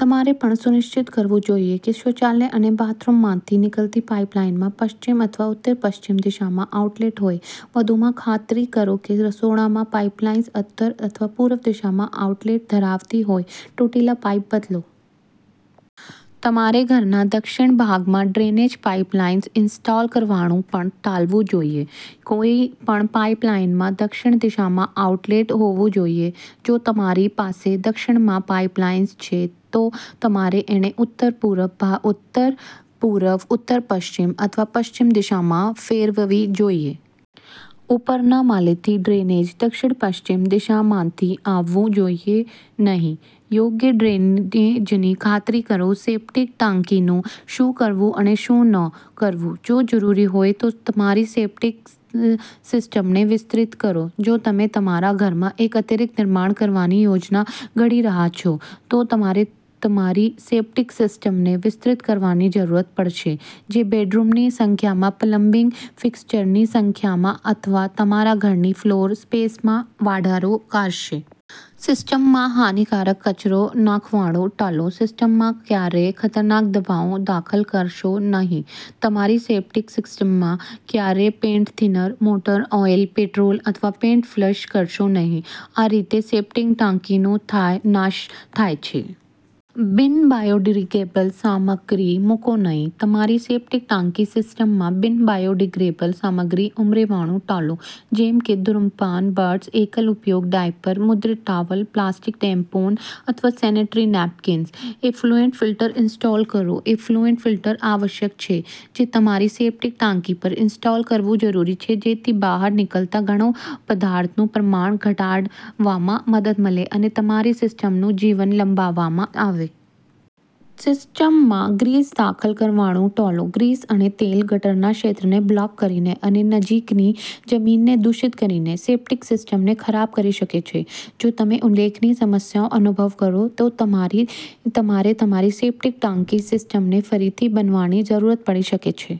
તમારે પણ સુનિશ્ચિત કરવું જોઈએ કે શૌચાલય અને બાથરૂમમાંથી નીકળતી પાઇપલાઇનમાં પશ્ચિમ અથવા ઉત્તર પશ્ચિમ દિશામાં આઉટલેટ હોય. વધુમાં, ખાતરી કરો કે રસોડામાં પાઇપલાઇન્સ ઉત્તર અથવા પૂર્વ દિશામાં આઉટલેટ ધરાવે છે. તૂટેલા પાઈપો બદલો. તમારે ઘરના દક્ષિણ ભાગમાં ડ્રેનેજ પાઇપલાઇન્સ ઇન્સ્ટોલ કરવાનું પણ ટાળવું જોઈએ. કોઈપણ પાઈપલાઈનમાં દક્ષિણ દિશામાં આઉટલેટ હોવો જોઈએ. જો તમારી પાસે દક્ષિણમાં પાઇપલાઇન્સ છે, તો તમારે તેને ઉત્તર, પૂર્વ, ઉત્તરપશ્ચિમ અથવા પશ્ચિમ દિશામાં ફેરવવી જોઈએ. ઉપરના માળેથી ડ્રેનેજ દક્ષિણ-પશ્ચિમ દિશામાંથી આવવું જોઈએ નહીં. યોગ્ય ડ્રેનેજની ખાતરી કરો. સેપ્ટિક ટાંકીનું શું કરવું અને શું કરવું. જો જરૂરી હોય તો, તમારી સેપ્ટિક સિસ્ટમને વિસ્તૃત કરો. જો તમે તમારા ઘરમાં એક વધારાનું નિર્માણ કરવાની યોજના ઘડી રહ્યા હોવ, તો તમારે તમારી સેપ્ટિક સિસ્ટમને વિસ્તૃત કરવાની જરૂર પડશે, જે બેડરૂમની સંખ્યા, પ્લમ્બિંગ ફિક્સરની સંખ્યા અથવા તમારા ઘરની ફ્લોર સ્પેસમાં વધારો કરશે. સિસ્ટમમાં હાનિકારક કચરો નાખવાનું ટાળો. સિસ્ટમમાં ક્યારેય ખતરનાક દવાઓ દાખલ કરશો નહીં. તમારી સેપ્ટિક સિસ્ટમમાં ક્યારેય paint thinner, motor oil, petrol અથવા પેઇન્ટ ફ્લશ કરશો નહીં. આ રીતે સેપ્ટિક ટાંકીનો નાશ થાય છે. બિન-બાયોડિગ્રેડેબલ સામગ્રી મૂકશો નહીં. તમારી સેપ્ટિક ટાંકી સિસ્ટમમાં બિન-બાયોડિગ્રેડેબલ સામગ્રી ઉમેરવાનું ટાળો, જેમ કે ધુમ્રપાન બટ્સ, એકલ-ઉપયોગ ડાયપર, મુદ્રિત ટુવાલ, પ્લાસ્ટિક, ટેમ્પન્સ અથવા sanitary napkins. Effluent filter install કરો. એફ્લુઅન્ટ ફિલ્ટર આવશ્યક છે, જે તમારી સેપ્ટિક ટાંકી પર ઇન્સ્ટોલ કરવું જરૂરી છે જેથી બહાર નીકળતા ઘન પદાર્થોનું પ્રમાણ ઘટાડવામાં મદદ મળે અને તમારી સિસ્ટમનું જીવન લંબાય. સિસ્ટમમાં ગ્રીસ દાખલ કરવાનું ટાળો. ગ્રીસ અને તેલ ગટરના ક્ષેત્રને અવરોધિત કરીને અને નજીકની જમીનને દૂષિત કરીને સેપ્ટિક સિસ્ટમને બરબાદ કરી શકે છે. જો તમે નોંધપાત્ર સમસ્યાઓ અનુભવો છો, તો તમારે તમારી સેપ્ટિક ટાંકી સિસ્ટમ ફરીથી બનાવવાની જરૂર પડી શકે છે.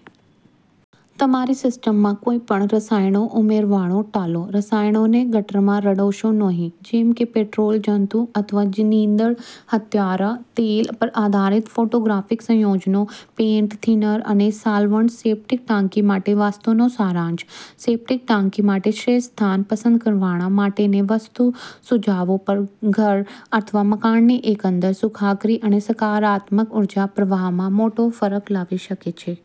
તમારી સિસ્ટમમાં કોઈપણ રસાયણો ઉમેરવાનું ટાળો. રસાયણોને ગટરમાં રેડશો નહીં, જેમ કે પેટ્રોલ, જંતુ અથવા નીંદણ હત્યારા, તેલ પર આધારિત ફોટોગ્રાફિક સંયોજનો, પેઇન્ટ પાતળા સોલવન્ટ્સ. સેપ્ટિક ટાંકી માટે વાસ્તુનો સારાંશ. સેપ્ટિક ટાંકી માટે શ્રેષ્ઠ સ્થાન પસંદ કરવા માટેના વાસ્તુ સૂચનો ઘર અથવા મકાનની એકંદર સુખાકારી અને હકારાત્મક ઊર્જા પ્રવાહમાં મોટો તફાવત લાવી શકે છે.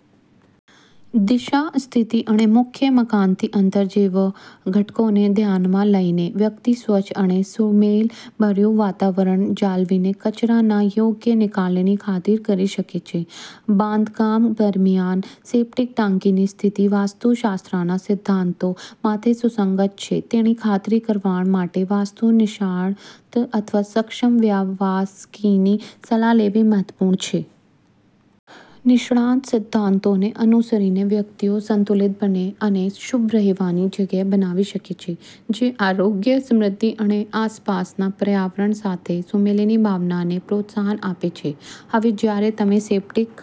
દિશા, સ્થિતિ અને મુખ્ય મકાનથી અંતર જેવા ઘટકોને ધ્યાનમાં લઈને, વ્યક્તિ સ્વચ્છ અને સુમેળભર્યું વાતાવરણ જાળવીને કચરાના યોગ્ય નિકાલની ખાતરી આપી શકે છે. બાંધકામ દરમિયાન, સેપ્ટિક ટાંકીની સ્થિતિ વાસ્તુશાસ્ત્રના સિદ્ધાંતો સાથે સુસંગત છે તેની ખાતરી કરવા માટે વાસ્તુ નિષ્ણાત અથવા સક્ષમ વ્યાવસાયિકની સલાહ લેવી મહત્વપૂર્ણ છે. નિષ્ણાત સિદ્ધાંતોને અનુસરીને વ્યક્તિઓ સંતુલિત અને શુભ રહેવાની જગ્યા બનાવી શકે છે, જે આરોગ્ય, સમૃદ્ધિ અને આસપાસના પર્યાવરણ સાથે સુમેળની ભાવનાને પ્રોત્સાહન આપે છે. હવે જ્યારે તમે સેપ્ટિક